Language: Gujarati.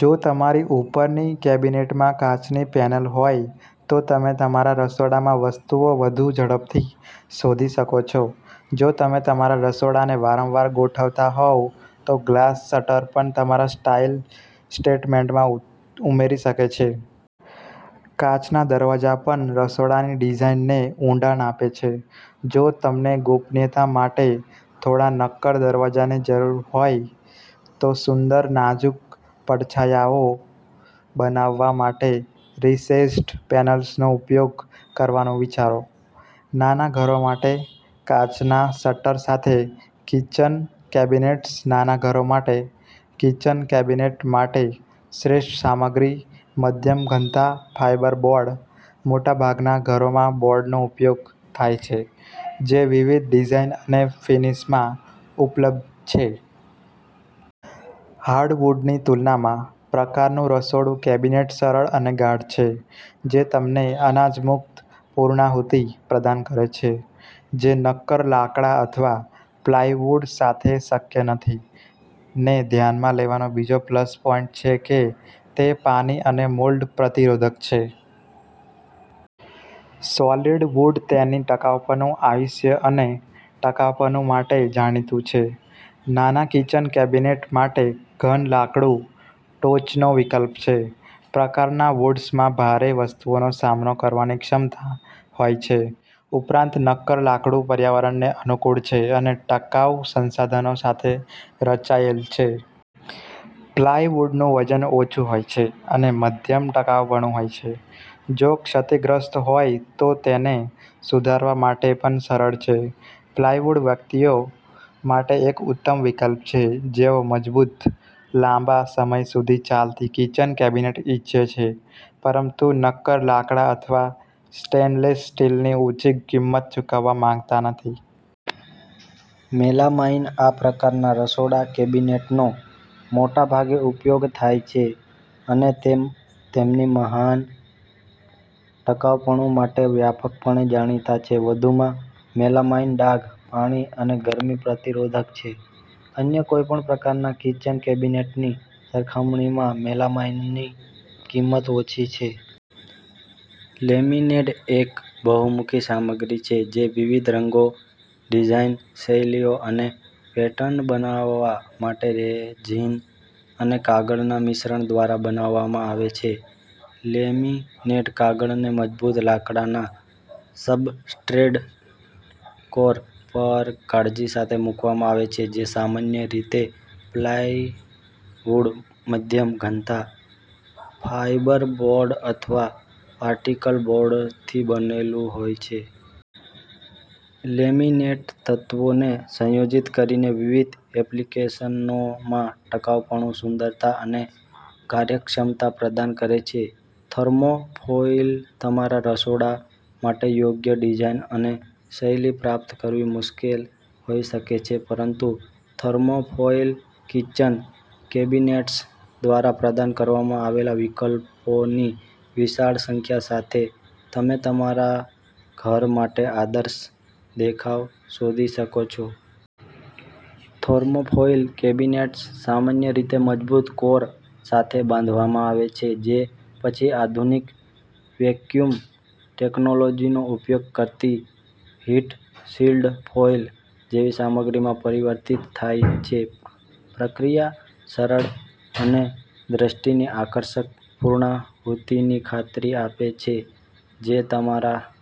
જો તમારી ઉપરની કેબિનેટમાં કાચની પેનલ હોય તો તમે તમારા રસોડામાં વસ્તુઓ વધુ ઝડપથી શોધી શકો છો. જો તમે તમારા રસોડાને વારંવાર ગોઠવતા હોવ તો ગ્લાસ શટર પણ તમારા સ્ટાઇલ સ્ટેટમેન્ટમાં ઉમેરી શકે છે. કાચના દરવાજા પણ રસોડાની ડિઝાઇનને ઊંડાણ આપે છે. જો તમને ગોપનીયતા માટે થોડા નક્કર દરવાજાની જરૂર હોય, તો સુંદર, નાજુક પડછાયાઓ બનાવવા માટે રિસેસ્ડ પેનલ્સનો ઉપયોગ કરવાનું વિચારો. નાના ઘરો માટે કાચના શટર સાથે કિચન કેબિનેટ્સ નાના ઘરો માટે કિચન કેબિનેટ માટે શ્રેષ્ઠ સામગ્રી મધ્યમ-ઘનતા ફાઇબરબોર્ડ મોટાભાગના ઘરોમાં બોર્ડનો ઉપયોગ થાય છે, જે વિવિધ ડિઝાઇન અને ફિનિશમાં ઉપલબ્ધ છે. હાર્ડવુડની તુલનામાં, પ્રકારનું રસોડું કેબિનેટ સરળ અને ગાઢ છે, જે તમને અનાજ-મુક્ત પૂર્ણાહુતિ પ્રદાન કરે છે જે નક્કર લાકડા અથવા પ્લાયવુડ સાથે શક્ય નથી. ને ધ્યાનમાં લેવાનો બીજો પ્લસ પોઈન્ટછે કે તે પાણી અને મોલ્ડ પ્રતિરોધક છે. સોલિડ વુડતેની ટકાઉપણું, આયુષ્ય અને ટકાઉપણું માટે જાણીતું છે, નાના કિચન કેબિનેટ માટે ઘન લાકડું ટોચનો વિકલ્પ છે. પ્રકારના વૂડ્સમાં ભારે વસ્તુઓનો સામનો કરવાની ક્ષમતા હોય છે. ઉપરાંત, નક્કર લાકડું પર્યાવરણને અનુકૂળ છે અને ટકાઉ સંસાધનો સાથે રચાયેલ છે. પ્લાયવુડનું વજન ઓછું હોય છે, અને મધ્યમ ટકાઉપણું હોય છે. જો ક્ષતિગ્રસ્ત હોય તો તેને સુધારવા માટે પણ સરળ છે. પ્લાયવુડ વ્યક્તિઓ માટે એક ઉત્તમ વિકલ્પ છે જેઓ મજબૂત, લાંબા સમય સુધી ચાલતી કિચન કેબિનેટ ઇચ્છે છે પરંતુ નક્કર લાકડા અથવા સ્ટેનલેસ સ્ટીલની ઊંચી કિંમત ચૂકવવા માંગતા નથી. મેલામાઇન આ પ્રકારના રસોડા કેબિનેટનો મોટાભાગે ઉપયોગ થાય છે અને તે તેમની મહાન ટકાઉપણું માટે વ્યાપકપણે જાણીતા છે. વધુમાં, મેલામાઇન ડાઘ, પાણી અને ગરમી પ્રતિરોધક છે. અન્ય કોઈપણ પ્રકારના કિચન કેબિનેટની સરખામણીમાં મેલામાઈનની કિંમત ઓછી છે. લેમિનેટએક બહુમુખી સામગ્રી છે જે વિવિધ રંગો, ડિઝાઇન, શૈલીઓ અને પેટર્ન બનાવવા માટે રેઝિન અને કાગળના મિશ્રણ દ્વારા બનાવવામાં આવે છે. લેમિનેટ કાગળને મજબૂત લાકડાના સબસ્ટ્રેટ કોર પર કાળજી સાથે મૂકવામાં આવે છે, જે સામાન્ય રીતે પ્લાયવુડ, મધ્યમ-ઘનતા ફાઇબરબોર્ડ અથવા પાર્ટિકલબોર્ડથી બનેલું હોય છે. લેમિનેટતત્વોને સંયોજિત કરીને વિવિધ એપ્લિકેશનોમાં ટકાઉપણું, સુંદરતા અને કાર્યક્ષમતા પ્રદાન કરે છે. થર્મોફોઇલતમારા રસોડા માટે યોગ્ય ડિઝાઇન અને શૈલી પ્રાપ્ત કરવી મુશ્કેલ હોઈ શકે છે, પરંતુ થર્મોફોઇલ કિચન કેબિનેટ્સ દ્વારા પ્રદાન કરવામાં આવેલા વિકલ્પોની વિશાળ સંખ્યા સાથે, તમે તમારા ઘર માટે આદર્શ દેખાવ શોધી શકો છો. થર્મોફોઇલ કેબિનેટ્સ સામાન્ય રીતે મજબૂત કોર સાથે બાંધવામાં આવે છે જે પછી આધુનિક વેક્યૂમ ટેક્નોલોજીનો ઉપયોગ કરતી હીટ-સીલ્ડ ફોઇલ જેવી સામગ્રીમાં પરિવર્તિત થાય છે. પ્રક્રિયા સરળ અને દૃષ્ટિની આકર્ષક પૂર્ણાહુતિની ખાતરી આપે છે જે તમારા